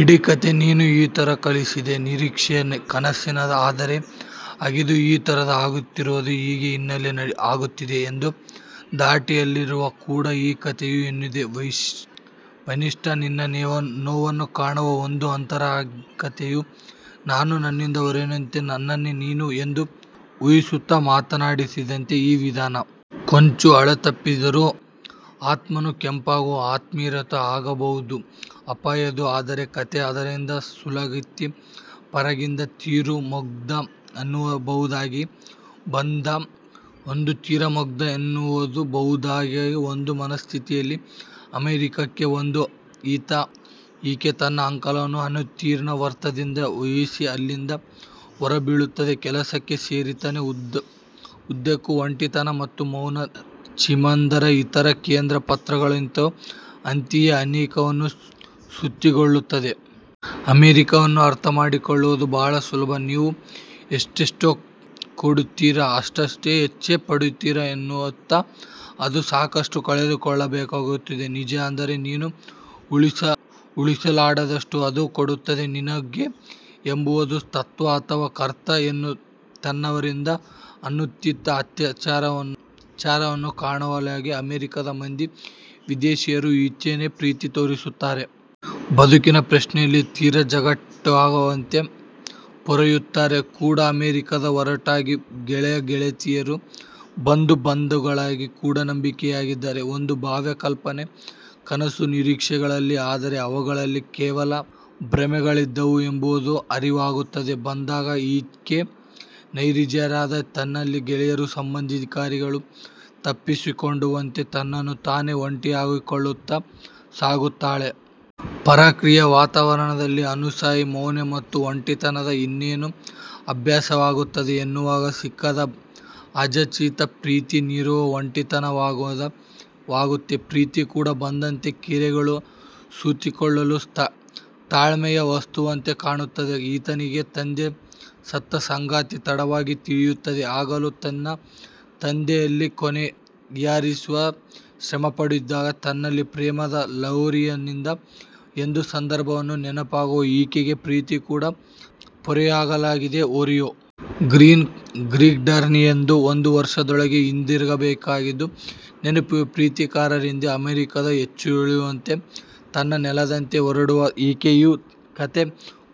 ಇಡೀ ಕತೆ ನೀನು ಈ ತರ ಕಲ್ಪಿಸಿದೆ, ನಿರೀಕ್ಷಿಸಿದೆ, ಕನಸಿದೆ ಆದರೆ ಆಗಿದ್ದು ಈ ತರ, ಆಗುತ್ತಿರುವುದು ಹೀಗೆ, ಹೀಗೆಲ್ಲ ಆಗುತ್ತಿದೆ ಎಂಬ ಧಾಟಿಯಲ್ಲಿರುವುದು ಕೂಡ ಈ ಕಥೆಯ ಇನ್ನೊಂದು ವೈಶಿಷ್ಟ್ಯ. ನನ್ನ ನೋವನ್ನು ಕಾಣುವ ಒಂದು ಅಂತರಕ್ಕಾಗಿಯೇ ನಾನು ನನ್ನಿಂದ ಹೊರನಿಂತು ನನ್ನನ್ನೇ ನೀನು ಎಂದು ಊಹಿಸುತ್ತ ಮಾತನಾಡಿದಂತಿದೆ ಈ ವಿಧಾನ. ಕೊಂಚ ಹಳಿತಪ್ಪಿದರೂ ಆತ್ಮಾನುಕಂಪವೋ, ಆತ್ಮರತಿಯೋ ಆಗಬಹುದಾದ ಅಪಾಯದ್ದು. ಆದರೆ ಕತೆ ಅದರಿಂದ ಸುಲಲಿತ ಪಾರಾಗಿದೆ. ತೀರ ಮುಗ್ಧ ಎನ್ನಬಹುದಾದ ಒಂದು ಮನಸ್ಥಿತಿಯಲ್ಲಿ ಅಮೆರಿಕಕ್ಕೆ ಬಂದ ಈಕೆ ತನ್ನ ಅಂಕಲ್ನ ಅನುಚಿತ ವರ್ತನೆಗೆ ಹೇಸಿ ಅಲ್ಲಿಂದ ಹೊರಬೀಳುತ್ತಾಳೆ. ಕೆಲಸಕ್ಕೆ ಸೇರುತ್ತಾಳೆ. ಉದ್ದಕ್ಕೂ ಒಂಟಿತನ ಮತ್ತು ಮೌನ ಚಿಮಾಮಾಂಡರ ಇತರ ಕೇಂದ್ರ ಪಾತ್ರಗಳನ್ನೆಂತೋ ಅಂತೆಯೇ ಈಕೆಯನ್ನೂ ಸುತ್ತಿಕೊಳ್ಳುತ್ತದೆ. 'ಅಮೆರಿಕವನ್ನು ಅರ್ಥಮಾಡಿಕೊಳ್ಳುವುದು ಬಹಳ ಸುಲಭ! ನೀನು ಎಷ್ಟೆಷ್ಟು ಕೊಡುತ್ತೀಯೋ ಅಷ್ಟಷ್ಟು ಹೆಚ್ಚು ಪಡೆಯುತ್ತೀ ಎನ್ನುತ್ತೆ ಅದು ಸಾಕಷ್ಟು ಕಳೆದುಕೊಳ್ಳಬೇಕಾಗುತ್ತೆ ನಿಜ. ಆದರೆ ನೀನು ಊಹಿಸಲಾರದಷ್ಟನ್ನು ಅದು ಕೊಡುತ್ತದೆ ನಿನಗೆ ಎಂಬುದು ತತ್ವ. ಅಥವಾ ತರ್ಕ ತನ್ನವರಿಂದ ಅನುಚಿತ ಅತ್ಯಾಚಾರವನ್ನು ಕಾಣುವಾಗಲೇ ಅಮೆರಿಕದ ಮಂದಿ ವಿದೇಶೀಯರು ಈಕೆಗೆ ಪ್ರೀತಿ ತೋರಿಸುತ್ತಾರೆ. ಬದುಕಿನ ಪ್ರಶ್ನೆಯನ್ನು ತೀರ ಜಟಿಲವಾಗದಂತೆ ಪೊರೆಯುತ್ತಾರೆ ಕೂಡ ಅಮೆರಿಕಕ್ಕೆ ಹೊರಟಾಗ ಗೆಳೆಯ ಗೆಳತಿಯರು, ಬಂಧು ಬಾಂಧವರು ಕೂಡ ನಂಬಿಕೊಂಡಿದ್ದು ಒಂದು ಭವ್ಯ ಕಲ್ಪನೆ, ಕನಸು, ನಿರೀಕ್ಷೆಗಳನ್ನೇ ಆದರೆ ಅವೆಲ್ಲ ಕೇವಲ ಭ್ರಮೆಗಳಾಗಿದ್ದವು ಎಂಬುದು ಅರಿವಾಗುತ್ತ ಬಂದಂತೆ ಈಕೆ ನೈಜೀರಿಯಾದ ತನ್ನೆಲ್ಲಾ ಗೆಳೆಯರು-ಸಂಬಂಧಿಕರಿಂದ ತಪ್ಪಿಸಿಕೊಂಡವಳಂತೆ ತನ್ನನ್ನು ತಾನು ಒಂಟಿಗೊಳಿಸಿಕೊಳ್ಳುತ್ತ ಸಾಗುತ್ತಾಳೆ. ಪರಕೀಯ ವಾತಾವರಣದ ಅಸಹನೀಯ ಮೌನ ಮತ್ತು ಒಂಟಿತನ ಇನ್ನೇನು ಅಭ್ಯಾಸವಾಗುತ್ತದೆ ಎನ್ನುವಾಗ ಸಿಕ್ಕಿದ ಅಯಾಚಿತ ಪ್ರೀತಿ. ನೀರವ ಒಂಟಿತನದಂತೆಯೇ ಪ್ರೀತಿ ಕೂಡ ಬಂಧನದಂತೆ ಕೊರಳನ್ನು ಸುತ್ತಿಕೊಳ್ಳುವ ತೆಳ್ಳನೆಯ ವಸ್ತುವಿನಂತೆ ಕಾಣುತ್ತದೆಯೆ ಈಕೆಗೆ ತಂದೆ ಸತ್ತ ಸಂಗತಿ ತಡವಾಗಿ ತಿಳಿಯುತ್ತದೆ. ಆಗಲೂ ತನ್ನ ತಂದೆ ಅಲ್ಲಿ ಕೊನೆಯುಸಿರಿಗೆ ಶ್ರಮಪಡುತ್ತಿದ್ದಾಗ ತಾನಿಲ್ಲಿ ಪ್ರೇಮದ ಲಹರಿಯಲ್ಲಿದ್ದೆನೆ ಎಂದು ಸಂದರ್ಭವನ್ನು ನೆನೆಯುವ ಈಕೆಗೆ ಪ್ರೀತಿ ಕೂಡ ಪೊರೆಯಲಾಗದ ಹೊರೆಯೇ. ಗ್ರೀನ್ಕಾರ್ಡ್ಗಾಗಿಯಾದರೂ ಒಂದು ವರ್ಷದೊಳಗೇ ಹಿಂದಿರುಗಬೇಕೆಂಬುದನ್ನು ನೆನಪಿಸುವ ಪ್ರಿಯಕರನಿಂದ ಅಮೆರಿಕದಿಂದ ಕಳಚಿಕೊಂಡವಳಂತೆ ತನ್ನ ನೆಲದತ್ತ ಹೊರಡುವ ಈಕೆಯ ಕತೆ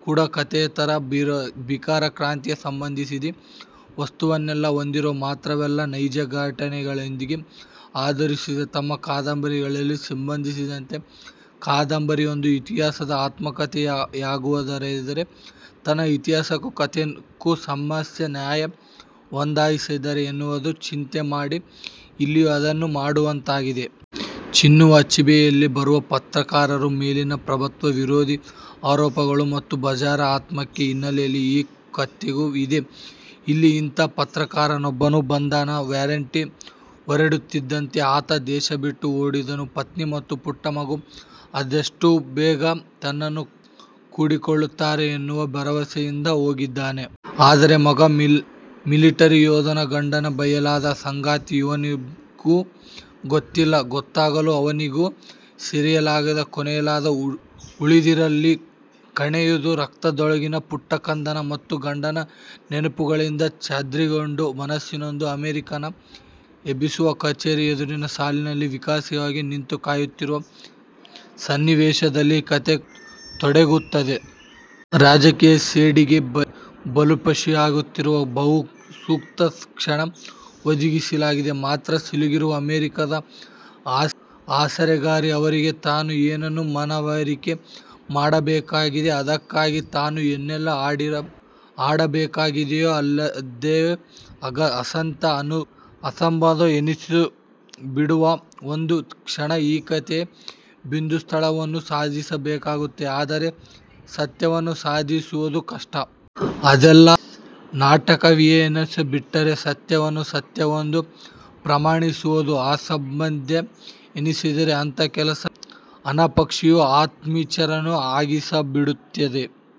ಕೂಡಾ ಕತೆಯ ತರ ಬೀಕರ ಕ್ರಾಂತಿಗೆ ಸಂಬಂಧಿಸಿದ ವಸ್ತುವನ್ನೇ ಹೊಂದಿದೆ ಮಾತ್ರವಲ್ಲ ನೈಜಘಟನೆಯೊಂದನ್ನು ಆಧರಿಸಿದ್ದು. ತಮ್ಮ ಕಾದಂಬರಿಗೆ ಸಂಬಂಧಿಸಿದಂತೆ 'ಕಾದಂಬರಿಯೊಂದು ಇತಿಹಾಸದ ಆತ್ಮಕಥೆಯಾಗುವುದಾದರೆ ತಾನು ಇತಿಹಾಸಕ್ಕೂ ಕಥಾನಕಕ್ಕೂ ಸಮಾನ ನ್ಯಾಯ ಒದಗಿಸಿದ್ದೇನೆ' ಎನ್ನುವ ಚಿಮಾಮಾಂಡ ಇಲ್ಲಿಯೂ ಅದನ್ನೇ ಮಾಡಿರುವಂತಿದೆ. ಚಿನುವ ಅಚೀಬೆಯದಲ್ಲಿ ಬರುವ ಪತ್ರಕರ್ತರ ಮೇಲಿನ ಪ್ರಭುತ್ವ ವಿರೋಧಿ ಆರೋಪಗಳು ಮತ್ತು ಬರ್ಬರ ಹತ್ಯೆಗಳ ಹಿನ್ನೆಲೆಯೇ ಈ ಕತೆಗೂ ಇದೆ. ಇಲ್ಲಿ ಅಂಥ ಪತ್ರಕರ್ತನೊಬ್ಬನ ಬಂಧನದ ವಾರಂಟ್ ಹೊರಡುತ್ತಿದ್ದಂತೆ ಆತ ದೇಶ ಬಿಟ್ಟು ಹೋಗಿದ್ದಾನೆ. ಪತ್ನಿ ಮತ್ತು ಪುಟ್ಟ ಮಗು ಆದಷ್ಟು ಬೇಗ ತನ್ನನ್ನು ಕೂಡಿಕೊಳ್ಳುತ್ತಾರೆ ಎನ್ನುವ ಭರವಸೆಯಿಂದ ಹೋಗಿದ್ದಾನೆ. ಆದರೆ ಮಗು ಮಿಲಿಟರಿ ಯೋಧರ ಗುಂಡಿಗೆ ಬಲಿಯಾದ ಸಂಗತಿ ಅವನಿಗಿನ್ನೂ ಗೊತ್ತಿಲ್ಲ. ಗೊತ್ತಾಗಲು ಅವನಿನ್ನೂ ಸೆರೆಯಾಗದೆ, ಕೊಲೆಯಾಗದೆ ಉಳಿದಿದ್ದರಲ್ಲವೆ ಕಣ್ಣೆದುರೇ ರಕ್ತದೋಕುಳಿಯಾದ ಪುಟ್ಟ ಕಂದನ ಮತ್ತು ಗಂಡನ ನೆನಪುಗಳಡಿ ಛಿದ್ರಗೊಂಡ ಮನಸ್ಸೊಂದು ಅಮೆರಿಕನ್ ಎಂಬಸಿಯ ಕಛೇರಿ ಎದುರಿನ ಸಾಲಿನಲ್ಲಿ ವೀಸಾಕ್ಕಾಗಿ ನಿಂತು ಕಾಯುತ್ತಿರುವ ಸನ್ನಿವೇಶದಲ್ಲಿ ಕತೆ ತೊಡಗುತ್ತದೆ. ರಾಜಕೀಯ ಸೇಡಿಗೆ ಬಲಿಪಶುವಾಗುತ್ತಿರುವ ಬಗ್ಗೆ ಸೂಕ್ತ ಸಾಕ್ಷ್ಯ ಒದಗಿಸಿದರೆ ಮಾತ್ರ ಸಿಗಲಿರುವ ಅಮೆರಿಕದ ಆಸರೆಗಾಗಿ ಅವರಿಗೆ ತಾನು ಏನನ್ನು ಮನವರಿಕೆ ಮಾಡಬೇಕಾಗಿದೆಯೋ, ಅದಕ್ಕಾಗಿ ತಾನು ಏನೇನೆಲ್ಲ ಆಡಬೇಕಿದೆಯೋ ಅದೆಲ್ಲವೂ ಅಸಂಗತ, ಅಸಂಬದ್ಧ ಎನಿಸಿಬಿಡುವ ಒಂದು ಕ್ಷಣ ಈ ಕತೆಯ ಬಿಂದು. ಸುಳ್ಳನ್ನು ಸಾಧಿಸಬೇಕಾಗುತ್ತದೆ ಆದರೆ ಸತ್ಯವನ್ನು ಸಾಧಿಸುವುದು ಕಷ್ಟ. ಅದೆಲ್ಲ ನಾಟಕೀಯವೆನಿಸಿಬಿಟ್ಟರೆ ಸತ್ಯವನ್ನು ಸತ್ಯ ಎಂದು ಪ್ರಮಾಣಿಸುವುದು ಅಸಂಬದ್ಧ ಎನಿಸಿದರೆ ಅಂಥ ಕೆಲಸ ಅನಪೇಕ್ಷಿತವೂ ಅಹಿತಕರವೂ ಆಗಿಬಿಡುತ್ತದೆ.